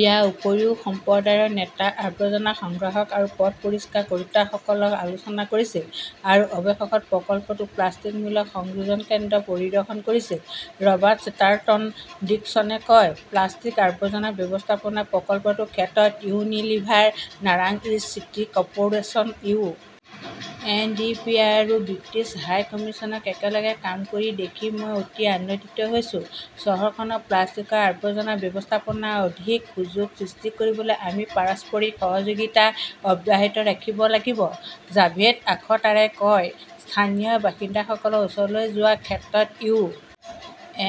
ইয়াৰ উপৰিও, সম্প্ৰদায়ৰ নেতা, আৱৰ্জনা সংগ্ৰাহক আৰু পথ পৰিষ্কাৰ কৰোঁতাসকলে আলোচনা কৰিছিল আৰু অৱশেষত প্ৰকল্পটোৰ প্লাষ্টিক মূল্য সংযোজন কেন্দ্ৰ' পৰিদৰ্শন কৰিছিল। ৰবাৰ্ট চেটাৰটন ডিকছনে কয়, প্লাস্টিক আৱৰ্জনা ব্যৱস্থাপনা প্ৰকল্পৰ ক্ষেত্ৰত ইউনিলিভাৰ, নাৰাংইজ city corporation, U. N. D. P. আৰু ব্ৰিটিছ হাই কমিছনক একেলগে কাম কৰি দেখি মই অতি আনন্দিত হৈছো। চহৰখনৰ প্লাষ্টিকৰ আৱৰ্জনা ব্যৱস্থাপনাত অধিক সুযোগ সৃষ্টি কৰিবলৈ আমি পাৰস্পৰিক সহযোগিতা অব্যাহত ৰাখিব লাগিব। জাভেদ আখতাৰে কয়, স্থানীয় বাসিন্দাসকলৰ ওচৰলৈ যোৱাৰ ক্ষেত্ৰত ইউ.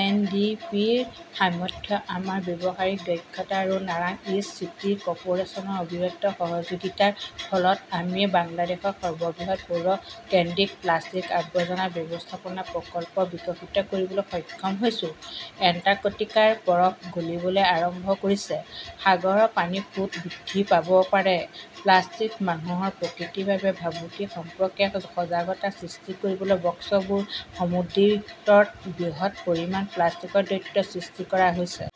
এন. ডি. পি. ৰ সামৰ্থ্য, আমাৰ ব্যৱসায়িক দক্ষতা আৰু নাৰাংইজ চিটি কৰ্পোৰেচনৰ অবিৰত সহযোগিতাৰ ফলত আমি বাংলাদেশৰ সৰ্ববৃহৎ পৌৰ কেন্দ্ৰিক প্লাষ্টিক আৱৰ্জনা ব্যৱস্থাপনা প্ৰকল্প বিকশিত কৰিবলৈ সক্ষম হৈছো। । এণ্টাৰ্কটিকাৰ বৰফ গলিবলৈ আৰম্ভ কৰিছে, সাগৰৰ পানী ফুট বৃদ্ধি পাব পাৰে প্লাষ্টিক মানুহ আৰু প্ৰকৃতিৰ বাবে ভাবুকি সম্পৰ্কে সজাগতা সৃষ্টি কৰিবলৈ কক্সবুৰ সমুদ্ৰতীৰত বৃহৎ পৰিমাণৰ প্লাষ্টিকৰ দৈত্য সৃষ্টি কৰা হৈছে।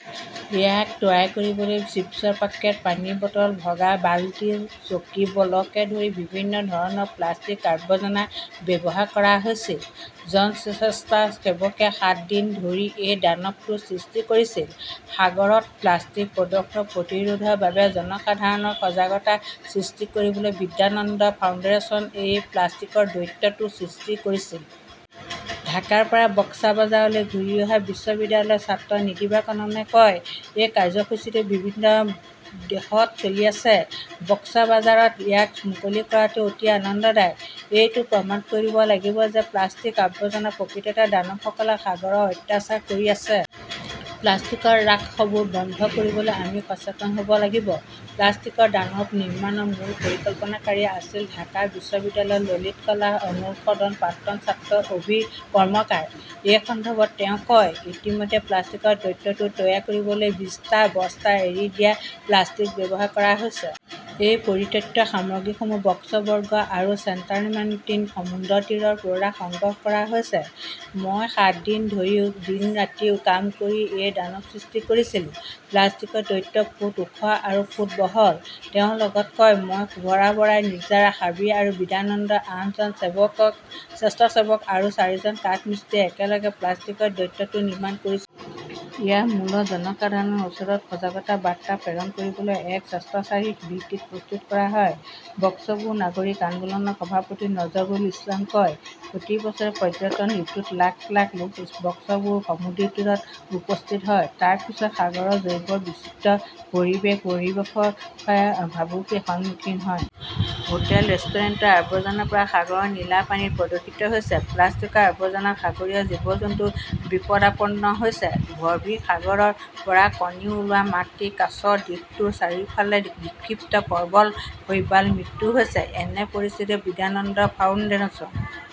ইয়াক তৈয়াৰ কৰিবলৈ চিপছৰ পেকেট, পানীৰ বটল, ভঙা বালতি, চকী, বলকে ধৰি বিভিন্ন ধৰণৰ প্লাষ্টিকৰ আৱৰ্জনা ব্যৱহাৰ কৰা হৈছিল। জন স্বেচ্ছাসেৱকে সাত দিন ধৰি এই দানৱটো সৃষ্টি কৰিছিল। সাগৰত প্লাষ্টিকৰ প্ৰদূষণ প্ৰতিৰোধৰ বাবে জনসাধাৰণৰ সজাগতা সৃষ্টি কৰিবলৈ 'বিদ্যানন্দ ফাউণ্ডেশ্যন এ প্লাষ্টিকৰ দৈত্যটো সৃষ্টি কৰিছিল। ঢাকাৰ পৰা কক্সবাজাৰলৈ ঘূৰি অহা বিশ্ববিদ্যালয়ৰ ছাত্ৰ নাদিৰা কাননে কয়, এই কাৰ্যসূচীটো বিশ্বৰ বিভিন্ন দেশত চলি আছে। কক্সবাজাৰত ইয়াক মুকলি কৰাটো অতি আনন্দদায়ক। এইটো প্ৰমাণ কৰিব লাগিব যে প্লাষ্টিকৰ আৱৰ্জনা প্ৰকৃততে দানৱসকলে সাগৰক অত্যাচাৰ কৰি আছে। প্লাষ্টিকৰ ৰাক্ষসবোৰ বন্ধ কৰিবলৈ আমি সচেতন হ 'ব লাগিব। প্লাষ্টিকৰ দানৱ নিৰ্মাণৰ মূল পৰিকল্পনাকাৰী আছিল ঢাকা বিশ্ববিদ্যালয়ৰ ললিত কলা অনুষদৰ প্ৰাক্তন ছাত্ৰ আবিৰ কৰ্মকাৰ। এই সন্দৰ্ভত তেওঁ কয়, ইতিমধ্যে প্লাষ্টিকৰ দৈত্যটো তৈয়াৰ কৰিবলৈ বিশ টা বস্তা এৰি দিয়া প্লাষ্টিক ব্যৱহাৰ কৰা হৈছে। এই পৰিত্যক্ত সামগ্ৰীসমূহ কক্সবৰ্গ আৰু ছেইণ্টমাৰ্টিন সমুদ্ৰতীৰৰ পৰা সংগ্ৰহ কৰা হৈছে। মই সাত দিন ধৰি দিন-ৰাতি কাম কৰি এই দানৱ সৃষ্টি কৰিছিলো। প্লাষ্টিকৰ দৈত্যটো ফুট ওখ আৰু ফুট বহল, তেওঁ লগতে কয়। মই, শুভৰা বৰাই, নিৰ্জাৰ, সাবিৰ, বিদ্যানন্দৰ আঠজন স্বেচ্ছাসেৱক আৰু চাৰিজন কাঠমিস্ত্ৰীয়ে একেলগে প্লাষ্টিকৰ দৈত্যটো নিৰ্মাণ কৰিছিলো। ইয়াক মূলতঃ জনসাধাৰণৰ ওচৰত সজাগতাৰ বাৰ্তা প্ৰেৰণ কৰিবলৈ এক স্বেচ্ছাচাৰী ভিত্তিত প্ৰস্তুত কৰা হয়। কক্সবুৰ নাগৰিক আন্দোলনৰ সভাপতি নজৰুল ইছলামই কয়, প্ৰতি বছৰে পৰ্যটন ঋতুত লাখ লাখ লোক কক্সবুৰ সমুদ্ৰতীৰত উপস্থিত হয়। তাৰ পিছত সাগৰৰ জৈৱ বৈচিত্ৰ্য, পৰিৱেশ-পৰিৱেশ ভাবুকিৰ সন্মুখীন হয়। হোটেল-ৰেষ্টুৰেণ্টৰ আৱৰ্জনাৰ পৰা সাগৰৰ নীলা পানী প্ৰদূষিত হৈছে। প্লাষ্টিকৰ আৱৰ্জনাত সাগৰীয় জীৱ-জন্তুবোৰ বিপদাপন্ন হৈছে। গভীৰ সাগৰৰ পৰা কণী ওলোৱা মাতৃ কাছ, দ্বীপটোৰ চাৰিওফালে বিক্ষিপ্ত প্ৰবাল-শৈবালৰ মৃত্যু হৈছে। এনে পৰিস্থিতিত বিদ্যানন্দ ফাউণ্ডেচনে